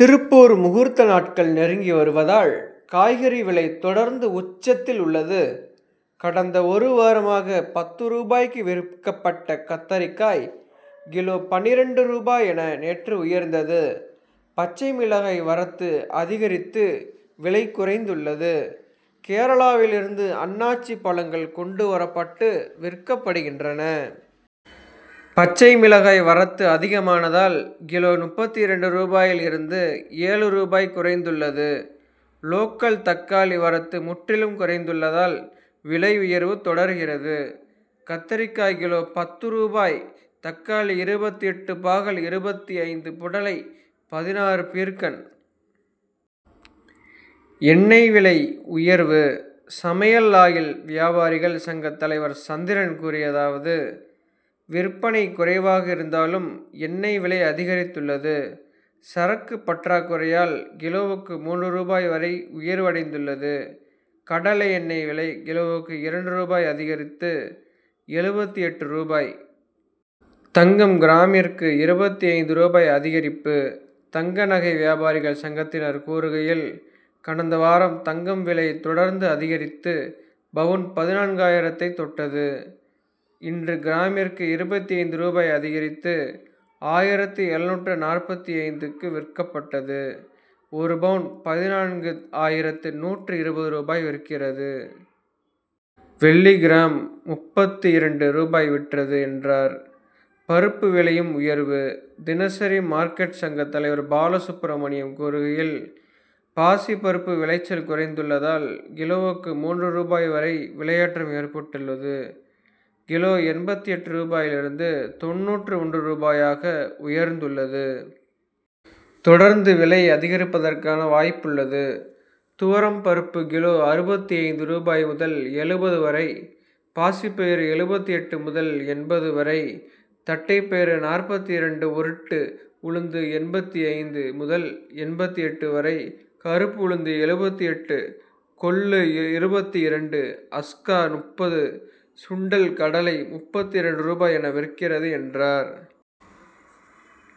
திருப்பூர் முகூர்த்த நாட்கள் நெருங்கி வருவதால், காய்கறி விலை தொடர்ந்து உச்சத்தில் உள்ளது. கடந்த ஒரு வாரமாக, பத்து ரூபாய்க்கு விற்கப்பட்ட கத்தரிக்காய், கிலோ பன்னிரண்டு ரூபாய் என நேற்று உயர்ந்தது. பச்சை மிளகாய் வரத்து அதிகரித்து விலை குறைந்துள்ளது. கேரளாவில் இருந்து அன்னாச்சி பழங்கள் கொண்டு வரப்பட்டு விற்கப்படுகின்றன. பச்சை மிளகாய் வரத்து அதிகமானதால், கிலோ முப்பத்து இரண்டு ரூபாயில் இருந்து ஏழு ரூபாய் குறைந்துள்ளது. லோக்கல் தக்காளி வரத்து முற்றிலும் குறைந்துள்ளதால், விலை உயர்வு தொடர்கிறது. கத்தரிக்காய் கிலோ பத்து ரூபாய் தக்காளி இருபத்து எட்டு பாகல் இருபத்து ஐந்து புடலை பதினாறு பீர்க்கன் எண்ணெய் விலை உயர்வு சமையல் ஆயில் வியாபாரிகள் சங்க தலைவர் சந்திரன் கூறியதாவது விற்பனை குறைவாக இருந்தாலும், எண்ணெய் விலை அதிகரித்துள்ளது. சரக்கு பற்றாக்குறையால், கிலோவுக்கு மூன்று ரூபாய் வரை உயர்வடைந்துள்ளது. கடலை எண்ணெய் விலை கிலோவுக்கு இரண்டு ரூபாய் அதிகரித்து எழுபத்து எட்டு ரூபாய் தங்கம் கிராமிற்கு இருபத்து ஐந்து ரூபாய் அதிகரிப்பு தங்க நகை வியாபாரிகள் சங்கத்தினர் கூறுகையில், கடந்த வாரம் தங்கம் விலை தொடர்ந்து அதிகரித்து, பவுன் பதினான்கு ஆயிரத்தை தொட்டது. இன்று கிராமிற்கு இருபத்து ஐந்து ரூபாய் அதிகரித்து, ஆயிரத்து எழுநூற்று நாற்பத்தைந்துக்கு விற்கபட்டது .ஒரு பவுன் பதினான்கு ஆயிரத்து நூற்று இருபது ரூபாய்க்கு விற்கிறது. வெள்ளி கிராம் முப்பத்து இரண்டு ரூபாய்க்கு விற்றது, என்றார். பருப்பு விலையும் உயர்வு தினசரி மார்க்கெட் சங்க தலைவர் பாலசுப்ரமணியம் கூறுகையில், பாசி பருப்பு விளைச்சல் குறைந்துள்ளதால், கிலோவுக்கு மூன்று ரூபாய் வரை விலையேற்றம் ஏற்பட்டுள்ளது. கிலோ எண்பத்து எட்டு ரூபாயில் இருந்து தொண்ணூற்று ஒன்று ரூபாயாக உயர்ந்துள்ளது. தொடர்ந்து விலை அதிகரிப்பதற்கான வாய்ப்புள்ளது. துவரம் பருப்பு கிலோ அறுபத்து ஐந்து ரூபாய் முதல் எழுபது வரை பாசி பயிறு எழுபத்து எட்டு முதல் எண்பது வரை தட்டை பயிறு நாற்பத்து இரண்டு உருட்டு உளுந்து எண்பத்து ஐந்து முதல் எண்பத்து எட்டு வரை கருப்பு உளுந்து எழுபத்து எட்டு கொள்ளு இருபத்து இரண்டு அஸ்கா முப்பது சுண்டல் கடலை முப்பத்து இரண்டு ரூபாய் என விற்கிறது, என்றார்.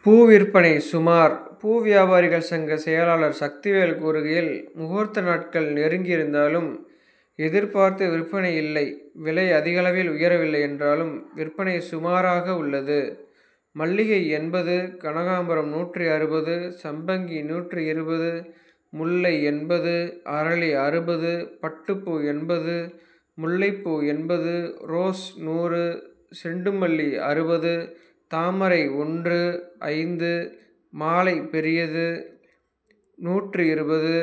பூ விற்பனை சுமார் பூ வியாபாரிகள் சங்க செயலாளர் சக்திவேல் கூறுகையில், முகூர்த்த நாட்கள் நெருங்கி இருந்தாலும், எதிர்பார்த்த விற்பனை இல்லை விலை அதிகளவில் உயரவில்லை என்றாலும், விற்பனை சுமாராக உள்ளது. மல்லிகை எண்பது கனகாம்பரம் நூற்று அறுபது சம்பங்கி நூற்று இருபது முல்லை எண்பது அரளி அறுபது பட்டுப்பூ எண்பது முல்லைப்பூ எண்பது ரோஸ் நூறு செண்டுமல்லி அறுபது தாமரை ஒன்று ஐந்து மாலை பெரியது நூற்று இருபது,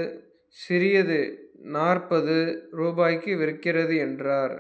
சிறியது நாற்பது ரூபாய்க்கு விற்கிறது, என்றார்.